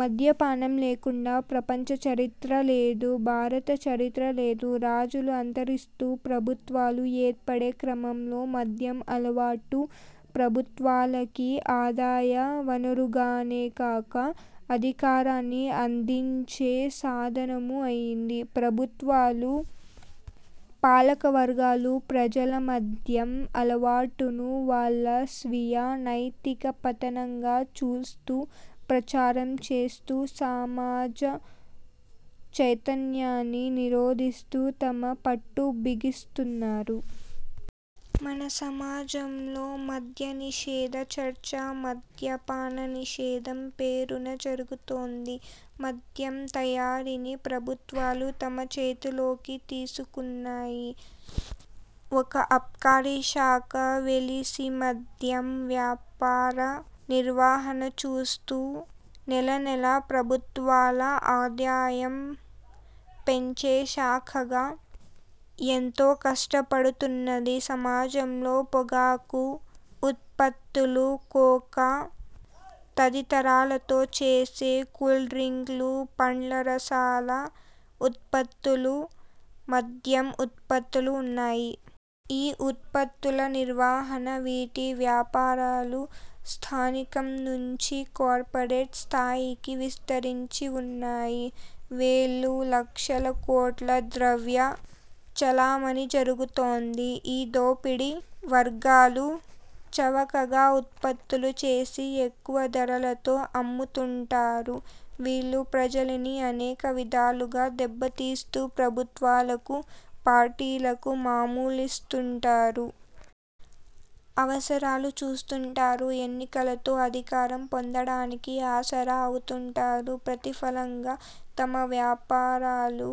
మద్యపానం లేకుండా ప్రపంచ చరిత్ర లేదు. భారత చరిత్రా లేదు. రాజులు అంతరిస్తూ ప్రభుత్వాలు ఏర్పడే క్రమంలో మద్యం అలవాటు ప్రభుత్వాలకి ఆదాయ వనరుగానేకాక అధికారాన్ని అందించే సాధనమూ అయింది. ప్రభుత్వాలు, పాలకవర్గాలు ప్రజల మద్యం అలవాటును వాళ్ళ స్వీయ, నైతిక పతనంగా చూస్తూ, ప్రచారం చేస్తూ, సమాజ చైతన్యాన్ని నిరోధిస్తూ తమ పట్టు బిగిస్తున్నారు. మన సమాజంలో 'మద్యనిషేధ' చర్చ 'మద్యపాన నిషేధం' పేరున జరుగుతోంది. మద్యం తయారీని ప్రభుత్వాలు తమ చేతిలోకి తీసుకున్నాయి. ఒక ఆబ్కారీ శాఖ వెలిసి మద్యం వ్యాపార నిర్వహణ చూస్తూ నెలనెలా ప్రభుత్వాల ఆదాయం పెంచే శాఖగా ఎంతో కష్టపడుతున్నది. సమాజంలో పొగాకు ఉత్పత్తులు, కోకా తదితరాలతో చేసే కూల్ డ్రింకులు, పండ్ల రసాల ఉత్పత్తులు, మద్యం ఉత్పత్తులు ఉన్నాయి. ఈ ఉత్పత్తుల నిర్వహణ, వీటి వ్యాపారాలు స్థానికం నుంచి కార్పొరేట్ స్థాయికి విస్తరించి వున్నాయి. వేలు, లక్షల కోట్ల ద్రవ్య చలామణి జరుగుతోంది. ఈ దోపిడీ వర్గాలు చవకగా ఉత్పత్తులు చేసి ఎక్కువ ధరలతో అమ్ముతుంటారు. వీళ్ళు ప్రజల్ని అనేక విధాలుగా దెబ్బతీస్తూ ప్రభుత్వాలకు పార్టీలకు మామూళ్ళిస్తుంటారు. అవసరాలు చూస్తుంటారు. ఎన్నికలతో అధికారం పొందడానికి ఆసరా అవుతుంటారు. ప్రతిఫలంగా తమ వ్యాపారాలు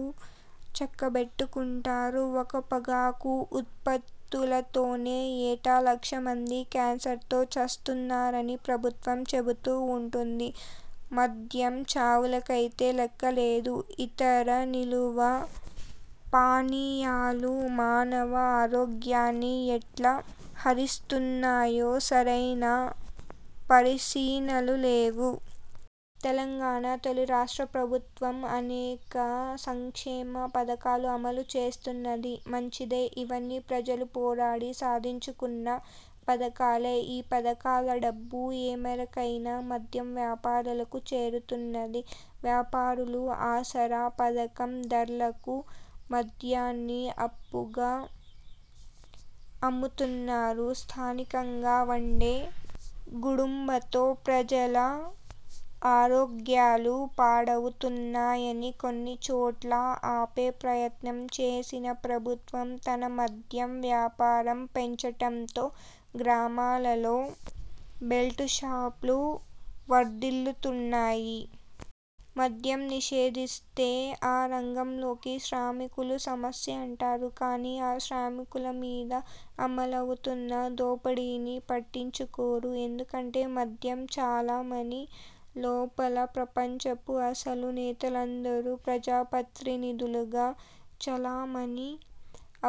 చక్కబెట్టుకుంటారు. ఒక్క పొగాకు ఉత్పత్తులతోనే ఏటా లక్షమంది కేన్సర్తో చస్తున్నారని ప్రభుత్వం చెబుతూ వుంటుంది. మద్యం చావులకైతే లెక్కే లేదు. ఇతర నిలువ పానీయాలు మానవ ఆరోగ్యాన్ని ఎట్లా హరిస్తున్నాయో సరైన పరిశీనలు లేవు. తెలంగాణ తొలి రాష్ట్ర ప్రభుత్వం అనేక సంక్షేమ పథకాలు అమలు చేస్తున్నది. మంచిదే; ఇవన్నీ ప్రజలు పోరాడి సాధించుకున్న పథకాలే. ఈ పథకాల డబ్బు ఏమేరకైనా మద్యం వ్యాపారులకు చేరుతున్నది. వ్యాపారులు ఆసరా పథకం దార్లకు మద్యాన్ని అప్పుగా అమ్ముతున్నారు. స్థానికంగా వండే గుడుంబాతో ప్రజల ఆరోగ్యాలు పాడవుతున్నాయని కొన్ని చోట్ల ఆపే ప్రయత్నం చేసిన ప్రభుత్వం తన మద్యం వ్యాపారం పెంచటంతో గ్రామాలలో బెల్టు షాపులు వర్ధిల్లుతున్నాయి. మద్యం నిషేధిస్తే ఆ రంగంలోకి శ్రామికుల సమస్య అంటారు. కానీ ఆ శ్రామికుల మీద అమలవుతున్న దోపిడీని పట్టించుకోరు. ఎందుకంటే మద్యం చలామణి లోపలి ప్రపంచపు అసలు నేతలందరూ ప్రజాప్రతినిధులుగా చలామణి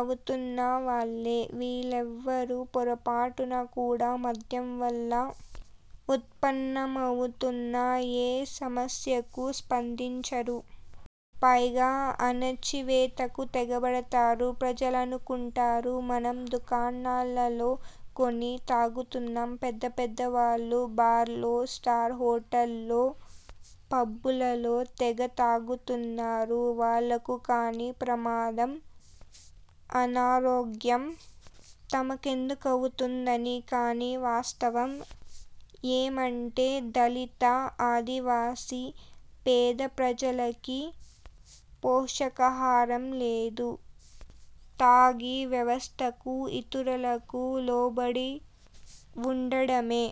అవుతున్న వాళ్ళే. వీళ్ళెవ్వరూ పొరపాటున కూడా మద్యం వల్ల ఉత్పన్నమవుతున్న ఏ సమ స్యకూ స్పందించరు. పైగా అణచివేతకు తెగబడతారు. ప్రజలనుకుంటారు 'మనం దుకాణాలలో కొని తాగుతున్నాం. పెద్ద పెద్ద వాళ్ళు బార్లలో, స్టార్ హోటళ్ళలో పబ్బులలో తెగ తాగుతున్నారు. వాళ్ళకు కాని ప్రమాదం, అనారోగ్యం తమకెందుకవుతుందని'. కానీ వాస్తవం ఏమంటే దళిత, ఆదివాసీ, పేద ప్రజలకి పోషకాహారం లేదు. తాగి వ్యవస్థకు, ఇతరులకు లోబడి వుండడమే.